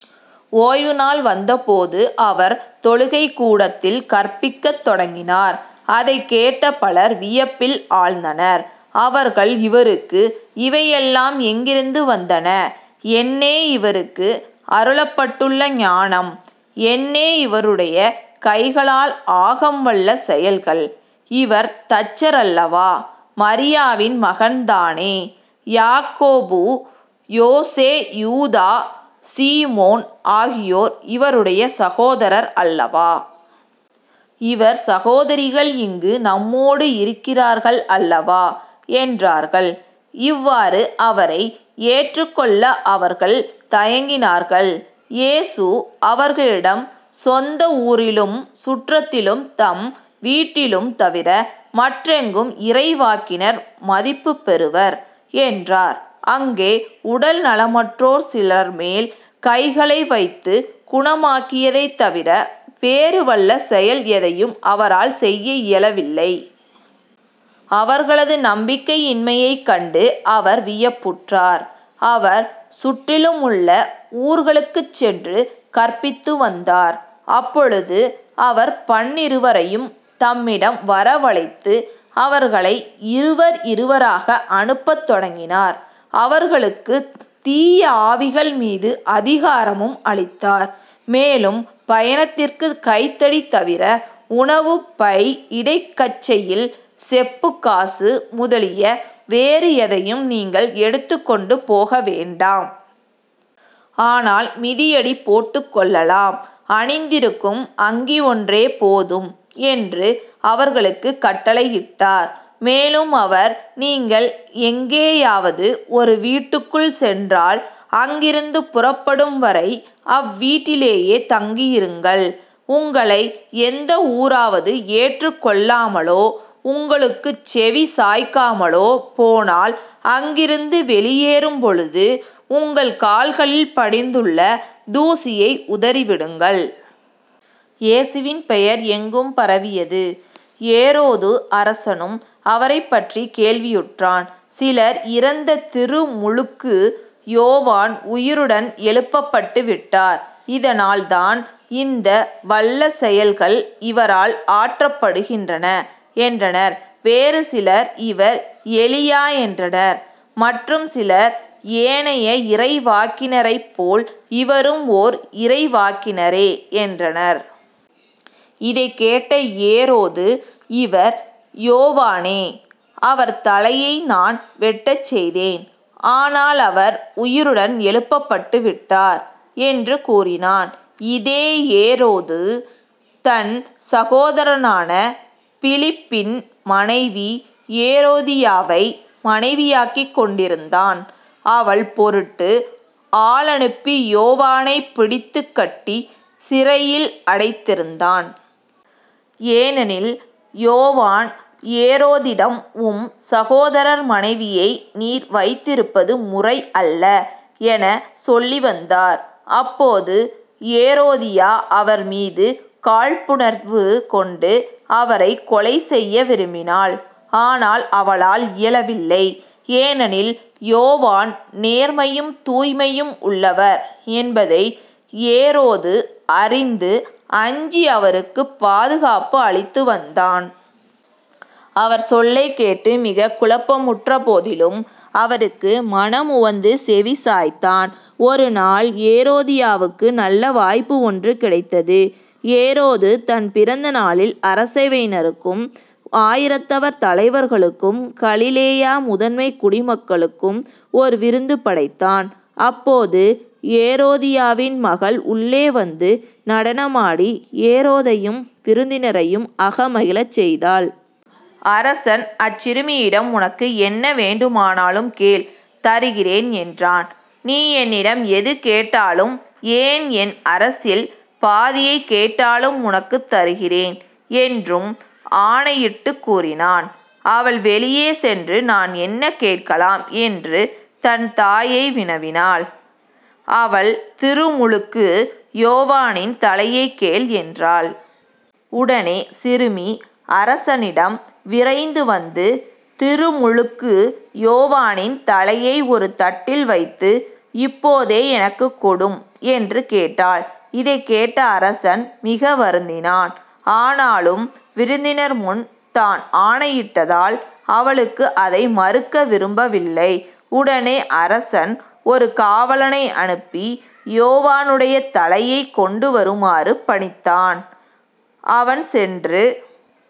ஓய்வுநாள் வந்தபோது அவர் தொழுகைக்கூடத்தில் கற்பிக்கத் தொடங்கினார். அதைக் கேட்ட பலர் வியப்பில் ஆழ்ந்தனர். அவர்கள் இவருக்கு இவையெல்லாம் எங்கிருந்து வந்தன? என்னே இவருக்கு அருளப்பட்டுள்ள ஞானம். என்னே இவருடைய கைகளால் ஆகம் வல்ல செயல்கள். இவர் தச்சர் அல்லவா. மரியாவின் மகன்தானே. யாக்கோபு யோசே யூதா சீமோன் ஆகியோர் இவருடைய சகோதரர் அல்லவா? இவர் சகோதரிகள் இங்கு நம்மோடு இருக்கிறார்கள் அல்லவா? என்றார்கள். இவ்வாறு அவரை ஏற்றுக் கொள்ள அவர்கள் தயங்கினார்கள். இயேசு அவர்களிடம் சொந்த ஊரிலும் சுற்றத்திலும் தம் வீட்டிலும் தவிர மற்றெங்கும் இறைவாக்கினர் மதிப்புப் பெறுவர் என்றார். அங்கே உடல் நலமற்றோர் சிலர்மேல் கைகளை வைத்துக் குணமாக்கியதைத் தவிர வேறு வல்ல செயல் எதையும் அவரால் செய்ய இயலவில்லை. அவர்களது நம்பிக்கையின்மையைக் கண்டு அவர் வியப்புற்றார். அவர் சுற்றிலுமுள்ள ஊர்களுக்குச் சென்று கற்பித்துவந்தார். அப்பொழுது அவர் பன்னிருவரையும் தம்மிடம் வரவழைத்து அவர்களை இருவர் இருவராக அனுப்பத் தொடங்கினார். அவர்களுக்குத் தீய ஆவிகள் மீது அதிகாரமும் அளித்தார். மேலும் பயணத்திற்குக் கைத்தடி தவிர உணவு பை இடைக்கச்சையில் செப்புக் காசு முதலிய வேறு எதையும் நீங்கள் எடுத்துக் கொண்டு போக வேண்டாம். ஆனால் மிதியடி போட்டுக் கொள்ளலாம் அணிந்திருக்கும் அங்கி ஒன்றே போதும் என்று அவர்களுக்குக் கட்டளையிட்டார். மேலும் அவர் நீங்கள் எங்கேயாவது ஒரு வீட்டுக்குள் சென்றால் அங்கிருந்து புறப்படும்வரை அவ்வீட்டிலேயே தங்கியிருங்கள். உங்களை எந்த ஊராவது ஏற்றுக் கொள்ளாமலோ உங்களுக்குச் செவி சாய்க்காமலோ போனால் அங்கிருந்து வெளியேறும் பொழுது உங்கள் கால்களில் படிந்துள்ள தூசியை உதறிவிடுங்கள். இயேசுவின் பெயர் எங்கும் பரவியது. ஏரோது அரசனும் அவரைப் பற்றிக் கேள்வியுற்றான். சிலர் இறந்த திருமுழுக்கு யோவான் உயிருடன் எழுப்பப்பட்டு விட்டார் இதனால் தான் இந்த வல்ல செயல்கள் இவரால் ஆற்றப்படுகின்றன என்றனர். வேறு சிலர் இவர் எலியா என்றனர். மற்றும் சிலர் ஏனைய இறைவாக்கினரைப்போல் இவரும் ஓர் இறைவாக்கினரே என்றனர். இதைக் கேட்ட ஏரோது இவர் யோவானே. அவர் தலையை நான் வெட்டச் செய்தேன். ஆனால் அவர் உயிருடன் எழுப்பப்பட்டு விட்டார் என்று கூறினான். இதே ஏரோது தன் சகோதரனான பிலிப்பின் மனைவி ஏரோதியாவை மனைவியாக்கிக் கொண்டிருந்தான் அவள் பொருட்டு ஆளனுப்பி யோவானைப் பிடித்துக் கட்டிச் சிறையில் அடைத்திருந்தான். ஏனெனில் யோவான் ஏரோதிடம் உம் சகோதரர் மனைவியை நீர் வைத்திருப்பது முறை அல்ல எனச் சொல்லிவந்தார். அப்போது ஏரோதியா அவர்மீது காழ்ப்புணர்வு கொண்டு, அவரைக் கொலை செய்ய விரும்பினாள் ஆனால் அவளால் இயலவில்லை. ஏனெனில் யோவான் நேர்மையும் தூய்மையும் உள்ளவர் என்பதை ஏரோது அறிந்து அஞ்சி அவருக்குப் பாதுகாப்பு அளித்து வந்தான். அவர் சொல்லைக் கேட்டு மிகக் குழப்பமுற்ற போதிலும் அவருக்கு மனமுவந்து செவிசாய்த்தான். ஒரு நாள் ஏரோதியாவுக்கு நல்ல வாய்ப்பு ஒன்று கிடைத்தது. ஏரோது தன் பிறந்த நாளில் அரசவையினருக்கும் ஆயிரத்தவர் தலைவர்களுக்கும் கலிலேய முதன்மைக் குடிமக்களுக்கும் ஒரு விருந்து படைத்தான். அப்போது ஏரோதியாவின் மகள் உள்ளே வந்து நடனமாடி ஏரோதையும் விருந்தினரையும் அகமகிழச் செய்தாள். அரசன் அச்சிறுமியிடம் உனக்கு என்ன வேண்டுமானாலும் கேள் தருகிறேன் என்றான். நீ என்னிடம் எது கேட்டாலும் ஏன் என் அரசில் பாதியையே கேட்டாலும் உனக்குத் தருகிறேன் என்றும் ஆணையிட்டுக் கூறினான். அவள் வெளியே சென்று நான் என்ன கேட்கலாம்? என்று தன்தாயை வினவினாள். அவள் திருமுழுக்கு யோவானின் தலையைக் கேள் என்றாள். உடனே சிறுமி அரசனிடம் விரைந்து வந்து திருமுழுக்கு யோவானின் தலையை ஒரு தட்டில் வைத்து இப்போதே எனக்குக் கொடும் என்று கேட்டாள். இதைக் கேட்ட அரசன் மிக வருந்தினான். ஆனாலும் விருந்தினர்முன் தான் ஆணையிட்டதால் அவளுக்கு அதை மறுக்க விரும்பவில்லை. உடனே அரசன் ஒரு காவலனை அனுப்பி யோவானுடைய தலையைக் கொண்டுவருமாறு பணித்தான். அவன் சென்று